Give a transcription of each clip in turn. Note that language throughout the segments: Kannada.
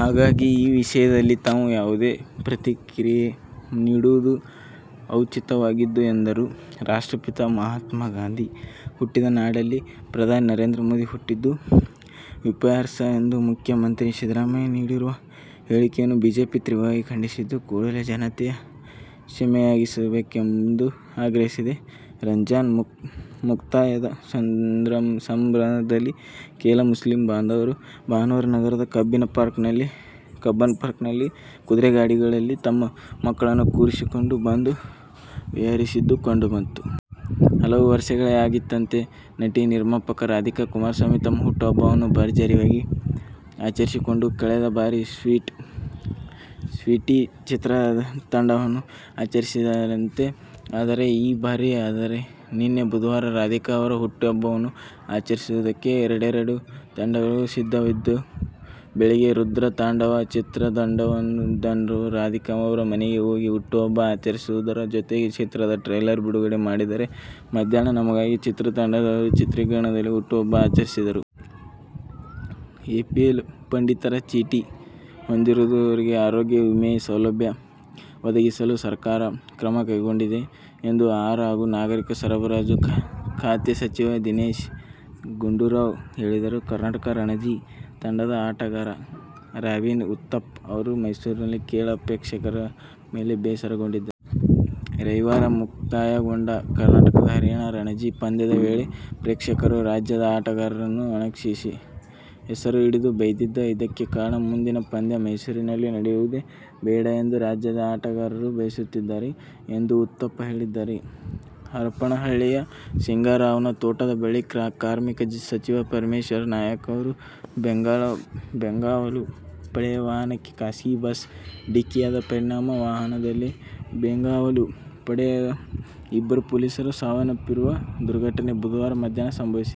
ಹಾಗಾಗಿ, ಈ ವಿಷಯದಲ್ಲಿ ತಾವು ಯಾವುದೇ ಪ್ರತಿಕ್ರಿಯೆ ನೀಡುವುದು ಔಚಿತ್ಯವಾಗದು ಎಂದರು. ರಾಷ್ಟ್ರಪಿತ ಮಹಾತ್ಮ ಗಾಂಧಿ ಹುಟ್ಟಿದ ನಾಡಲ್ಲಿ ಪ್ರಧಾನಿ ನರೇಂದ್ರ ಮೋದಿ ಹುಟ್ಟಿದ್ದು ವಿಪರ್ಯಾಸ ಎಂದು ಮುಖ್ಯಮಂತ್ತಿ ಸಿದ್ದರಾಮಯ್ಯ ನೀಡಿರುವ ಹೇಳಿಕೆಯನ್ನು ಬಿಜೆಪಿ ತೀವ್ರವಾಗಿ ಖಂಡಿಸಿದ್ದು, ಕೂಡಲೇ ಜನತೆಯ ಕ್ಷಮೆಯಾಚಿಸಬೇಕು ಎಂದು ಆಗ್ರಹಿಸಿದೆ. ರಂಜಾನ್ ಮುಕ್ತಾಯದ ಸಂಭ್ರಮದಲ್ಲಿದ್ದ ಕೆಲ ಮುಸ್ಲಿಂ ಬಾಂಧವರು ಭಾನುವಾರ ನಗರದ ಕಬ್ಬನ್ ಪಾರ್ಕ್ನಲ್ಲಿ ಕುದುರೆಗಾಡಿಗಳಲ್ಲಿ ತಮ್ಮ ಮಕ್ಕಳನ್ನು ಕೂರಿಸಿಕೊಂಡು ಬಂದು ವಿಹರಿಸಿದ್ದು ಕಂಡುಬಂತು. ಹಲವು ವರ್ಷಗಳೇ ಆಗಿತ್ತಂತೆ, ನಟಿ-ನಿರ್ಮಾಪಕಿ ರಾಧಿಕಾ ಕುಮಾರಸ್ವಾಮಿ ತಮ್ಮ ಹುಟ್ಟುಹಬ್ಬವನ್ನು ಭರ್ಜರಿಯಾಗಿ ಆಚರಿಸಿಕೊಂಡು. ಕಳೆದ ಬಾರಿ "ಸ್ವೀಟಿ' ಚಿತ್ರತಂಡದವರು ಆಚರಿಸಿದ್ದರಂತೆ. ಆದರೆ, ಈ ಬಾರಿ ಅಂದರೆ ನಿನ್ನೆ ಬುಧವಾರ ರಾಧಿಕಾ ಅವರ ಹುಟ್ಟುಹಬ್ಬವನ್ನು ಆಚರಿಸುವುದಕ್ಕೆ ಎರಡೆರೆಡು ತಂಡಗಳು ಸಿದ್ಧವಿದ್ಧವು. ಬೆಳಿಗ್ಗೆ "ರುದ್ರತಾಂಡವ' ಚಿತ್ರತಂಡದವರು ರಾಧಿಕಾ ಅವರ ಮನೆಗೆ ಹೋಗಿ ಹುಟ್ಟುಹಬ್ಬ ಆಚರಿಸುವುದರ ಜೊತೆಗೆ ಚಿತ್ರದ ಟ್ರೈಲರ್ ಬಿಡುಗಡೆ ಮಾಡಿದರೆ, ಮಧ್ಯಾಹ್ನ "ನಮಗಾಗಿ' ಚಿತ್ರತಂಡದವರು ಚಿತ್ರೀಕರಣದಲ್ಲಿ ಹುಟ್ಟುಹಬ್ಬ ಆಚರಿಸಿದರು. ಎಪಿಎಲ್ ಪಡಿತರ ಚೀಟಿ ಹೊಂದಿರುವವರಿಗೂ ಆರೋಗ್ಯ ವಿಮೆ ಸೌಲಭ್ಯ ಒದಗಿಸಲು ಸರಕಾರ ಕ್ರಮ ಕೈಗೊಂಡಿದೆ ಎಂದು ಆಹಾರ ಹಾಗೂ ನಾಗರಿಕ ಸರಬರಾಜು ಖಾತೆ ಸಚಿವ ದಿನೇಶ ಗುಂಡೂರಾವ್ ಹೇಳಿದರು. ಕರ್ನಾಟಕ ರಣಜಿ ತಂಡದ ಆಟಗಾರ ರಾಬಿನ್ ಉತ್ತಪ್ಪ ಅವರು ಮೈಸೂರಿನ ಕೆಲ ಪ್ರೇಕ್ಷಕರ ಮೇಲೆ ಬೇಸರಗೊಂಡಿದ್ದಾರೆ. ರವಿವಾರ ಮುಕ್ತಾಯಗೊಂಡ ಕರ್ನಾಟಕ-ಹರಿಯಾಣ ರಣಜಿ ಪಂದ್ಯದ ವೇಳೆ ಪ್ರೇಕ್ಷಕರು ರಾಜ್ಯದ ಆಟಗಾರರನ್ನು ಅಣಕಿಸಿ, ಹೆಸರು ಹಿಡಿದು ಬೈದಿದ್ದೇ ಇದಕ್ಕೆ ಕಾರಣ. ಮುಂದಿನ ಪಂದ್ಯ ಮೈಸೂರಿನಲ್ಲಿ ನಡೆಯುವುದೇ ಬೇಡ ಎಂದು ರಾಜ್ಯದ ಆಟಗಾರರು ಬಯಸುತ್ತಿದ್ದಾರೆ ಎಂದು ಉತ್ತಪ್ಪ ಹೇಳಿದ್ದಾರೆ. ಹರಪನಹಳ್ಳಿಯ ಸಿಂಗಾರವ್ವನ ತೋಟದ ಬಳಿ ಕಾರ್ಮಿಕ ಸಚಿವ ಪರಮೇಶ್ವರ್ ನಾಯ್ಕ್ ಅವರ ಬೆಂಗಾವಲು ಪಡೆಯ ವಾಹನಕ್ಕೆ ಖಾಸಗಿ ಬಸ್ ಢಿಕ್ಕಿಯಾದ ಪರಿಣಾಮ ವಾಹನದಲ್ಲಿದ್ದ ಬೆಂಗಾವಲು ಪಡೆಯ ಇಬ್ಬರು ಪೊಲೀಸರು ಸಾವನ್ನಪ್ಪಿರುವ ದುರ್ಘ ಟನೆ ಬುಧವಾರ ಮಧ್ಯಾಹ್ನ ಸಂಭವಿಸಿದೆ.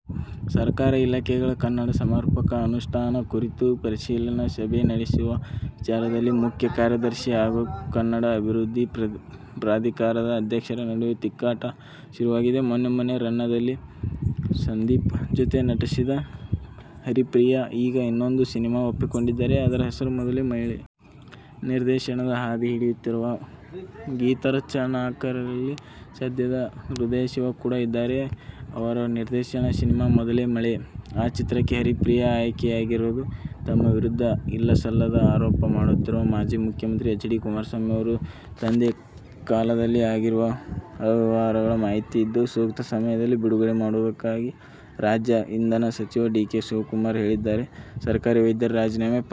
ಸರ್ಕಾರಿ ಇಲಾಖೆಗಳಲ್ಲಿ ಕನ್ನಡ ಸಮರ್ಪಕ ಅನುಷ್ಠಾನ ಕುರಿತು ಪರಿಶೀಲನಾ ಸಭೆ ನಡೆಸುವ ವಿಚಾರದಲ್ಲಿ ಮುಖ್ಯ ಕಾರ್ಯದರ್ಶಿ ಹಾಗೂ ಕನ್ನಡ ಅಭಿವೃದ್ಧಿ ಪ್ರಾಧಿಕಾರದ ಅಧ್ಯಕ್ಷರ ನಡುವೆ ತಿಕ್ಕಾಟ ಶುರುವಾಗಿದೆ. ಮೊನ್ನೆ ಮೊನ್ನೆ "ರನ್ನ'ದಲ್ಲಿ ಸುದೀಪ್ ಜೊತೆ ನಟಿಸಿದ ಹರಿಪ್ರಿಯಾ, ಈಗ ಇನ್ನೊಂದು ಸಿನಿಮಾ ಒಪ್ಪಿಕೊಂಡಿದ್ದಾರೆ. ಅದರ ಹೆಸರು "ಮೊದಲ ಮಳೆ'. ನಿರ್ದೇಶನದ ಹಾದಿ ಹಿಡಿಯುತ್ತಿರುವ ಗೀತರಚನಾಕಾರರಲ್ಲಿ ಸದ್ಯ ಹೃದಯಶಿವ ಕೂಡ ಇದ್ದಾರೆ. ಅವರ ನಿರ್ದೇಶನದ ಸಿನಿಮಾ "ಮೊದಲ ಮಳೆ'. ಆ ಚಿತ್ರಕ್ಕೆ ಹರಿಪ್ರಿಯಾ ಆಯ್ಕೆಯಾಗಿರೋದು. ತಮ್ಮ ವಿರುದ್ಧ ಇಲ್ಲಸಲ್ಲದ ಆರೋಪ ಮಾಡುತ್ತಿರುವ ಮಾಜಿ ಮುಖ್ಯಮಂತ್ರಿ ಎಚ್. ಡಿ. ಕುಮಾರಸ್ವಾಮಿ ಮತ್ತು ಅವರ ತಂದೆ ಕಾಲದಲ್ಲಿ ಆಗಿರುವ ಅವ್ಯವಹಾರಗಳ ಮಾಹಿತಿ ಇದ್ದು, ಸೂಕ್ತ ಸಮಯದಲ್ಲಿ ಬಿಡುಗಡೆ ಮಾಡುವುದಾಗಿ ರಾಜ್ಯ ಇಂಧನ ಸಚಿವ ಡಿ. ಕೆ. ಶಿವಕುಮಾರ್ ಹೇಳಿದ್ದಾರೆ. ಸರ್ಕಾರಿ ವೈದ್ಯರ ರಾಜೀನಾಮೆ ಪರ್ವ